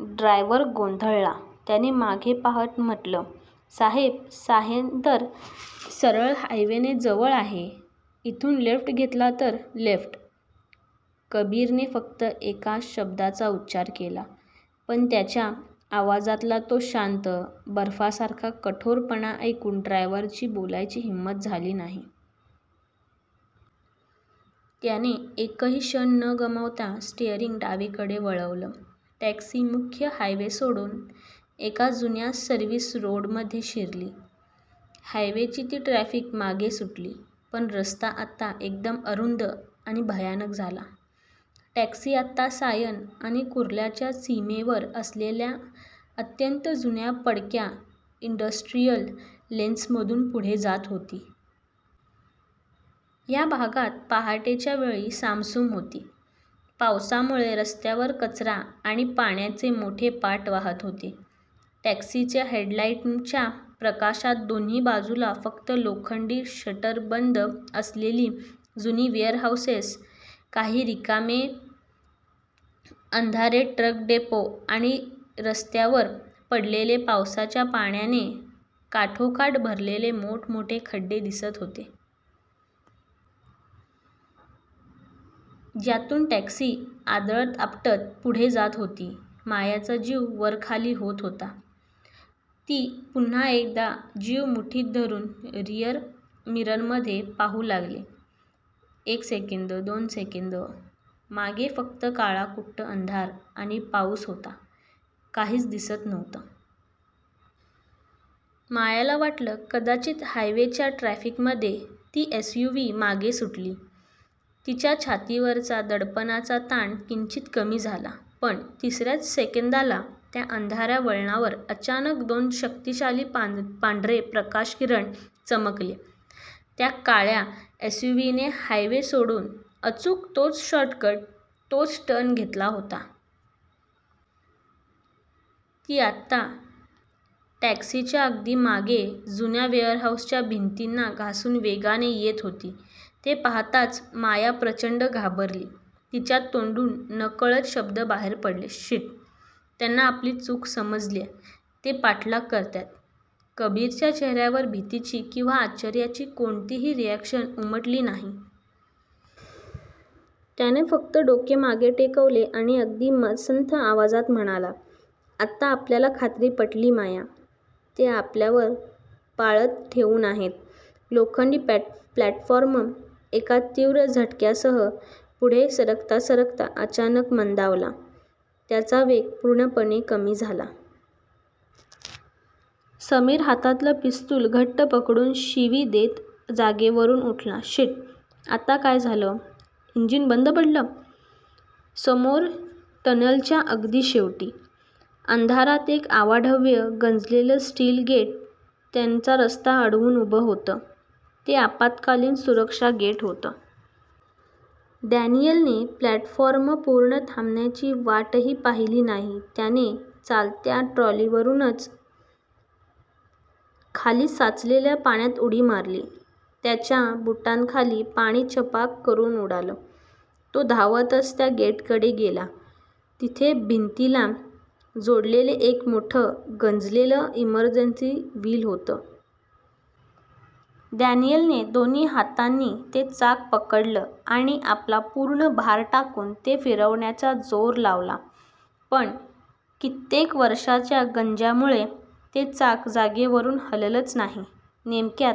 Driver गोंधळला, त्याने मागे पाहत म्हटलं, साहेब, सायन तर सरळ हायवेने जवळ आहे, इथून लेफ्ट घेतला तर" "लेफ्ट. " कबीरने फक्त एका शब्दाचा उच्चार केला. पण त्याच्या आवाजातला तो शांत, बर्फासारखा कठोरपणा ऐकून ड्रायव्हरची बोलायची हिंमत झाली नाही. त्याने एकही क्षण न गमावता स्टीअरिंग डावीकडे वळवलं. टॅक्सी मुख्य हायवे सोडून एका जुन्या सर्व्हिस रोडमध्ये शिरली. हायवेची ती ट्रॅफिक मागे सुटली, पण रस्ता आता एकदम अरुंद आणि भयानक झाला. टॅक्सी आता सायन आणि कुर्लाच्या सीमेवर असलेल्या अत्यंत जुन्या, पडक्या इंडस्ट्रियल लेन्स मधून पुढे जात होती. या भागात पहाटेच्या वेळी सामसूम होती. पावसामुळे रस्त्यांवर कचरा आणि पाण्याचे मोठे पाट वाहत होते. टॅक्सीच्या हेडलाईटच्या प्रकाशात दोन्ही बाजूला फक्त लोखंडी शटर बंद असलेली जुनी वेअरहाउसेस, काही रिकामे, अंधारे ट्रक डेपो आणि रस्त्यावर पडलेले पावसाच्या पाण्याने काठोकाठ भरलेले मोठ-मोठे खड्डे दिसत होते. ज्यातून टॅक्सी आदळत-आपटत पुढे जात होती. मायाचा जीव वरखाली होत होता. ती पुन्हा एकदा जीव मुठीत धरून रिअर मिररमध्ये पाहू लागली. एक सेकंद, दोन सेकंद, मागे फक्त काळाकुट्ट अंधार आणि पाऊस होता. काहीच दिसत नव्हतं. मायाला वाटलं कदाचित हायवेच्या ट्रॅफिकमध्ये ती एसयूव्ही मागे सुटली. तिच्या छातीवरचा दडपणाचा ताणकिंचित कमी झाला, पण, तिसऱ्याच सेकंदाला, त्या अंधाऱ्या वळणावर अचानक दोन शक्तिशाली पांढरे प्रकाशकिरण चमकले. त्या काळ्या एसयूव्हीने हायवे सोडून अचूक तोच शॉर्टकट, तोच टर्न घेतला होता. ती आता टॅक्सीच्या अगदी मागे, जुन्या वेअरहाउसच्या भिंतींना घासून वेगाने येत होती. ते पाहताच माया प्रचंड घाबरली. तिच्या तोंडून नकळत शब्द बाहेर पडले, "शिट, त्यांना आपली चूक समजलीये. ते पाठलाग करतायत. " कबीरच्या चेहऱ्यावर भीतीची किंवा आश्चर्याची कोणतीही रिअॅक्शन उमटली नाही. त्याने फक्त डोके मागे टेकवले आणि अगदी संथ आवाजात म्हणाला, "आता आपल्याला खात्री पटली, माया. ते आपल्यावर पाळत ठेवून आहेत. लोखंडी प्लॅटफॉर्म एका तीव्र झटक्यासह पुढे सरकता सरकता अचानक मंदावला. त्याचा वेग पूर्णपणे कमी झाला. समीर हातातलं पिस्तूल घट्ट पकडून शिवी देत जागेवरून उठला, "शिट! आता काय झालं? इंजिन बंद पडलं? " समोर टनेलच्या अगदी शेवटी, अंधारात एक अवाढव्य, गंजलेलं स्टील गेट त्यांचा रस्ता अडवून उभं होतं. ते आपत्कालीन सुरक्षा गेट होतं. डॅनियलने प्लॅटफॉर्म पूर्ण थांबण्याची वाटही पाहिली नाही; त्याने चालत्या ट्रॉलीवरूनच खाली साचलेल्या पाण्यात उडी मारली. त्याच्या बुटांखाली पाणी छपाक करून उडालं. तो धावतच त्या गेटकडे गेला. तिथे भिंतीला जोडलेलं एक मोठं, गंजलेलं इमर्जन्सी व्हील होतं. डॅनियलने दोन्ही हातांनी ते चाक पकडलं आणि आपला पूर्ण भार टाकून ते फिरवण्याचा जोर लावला. पण कित्येक वर्षांच्या गंज्यामुळे ते चाक जागेवरून हललंच नाही. नेमक्या--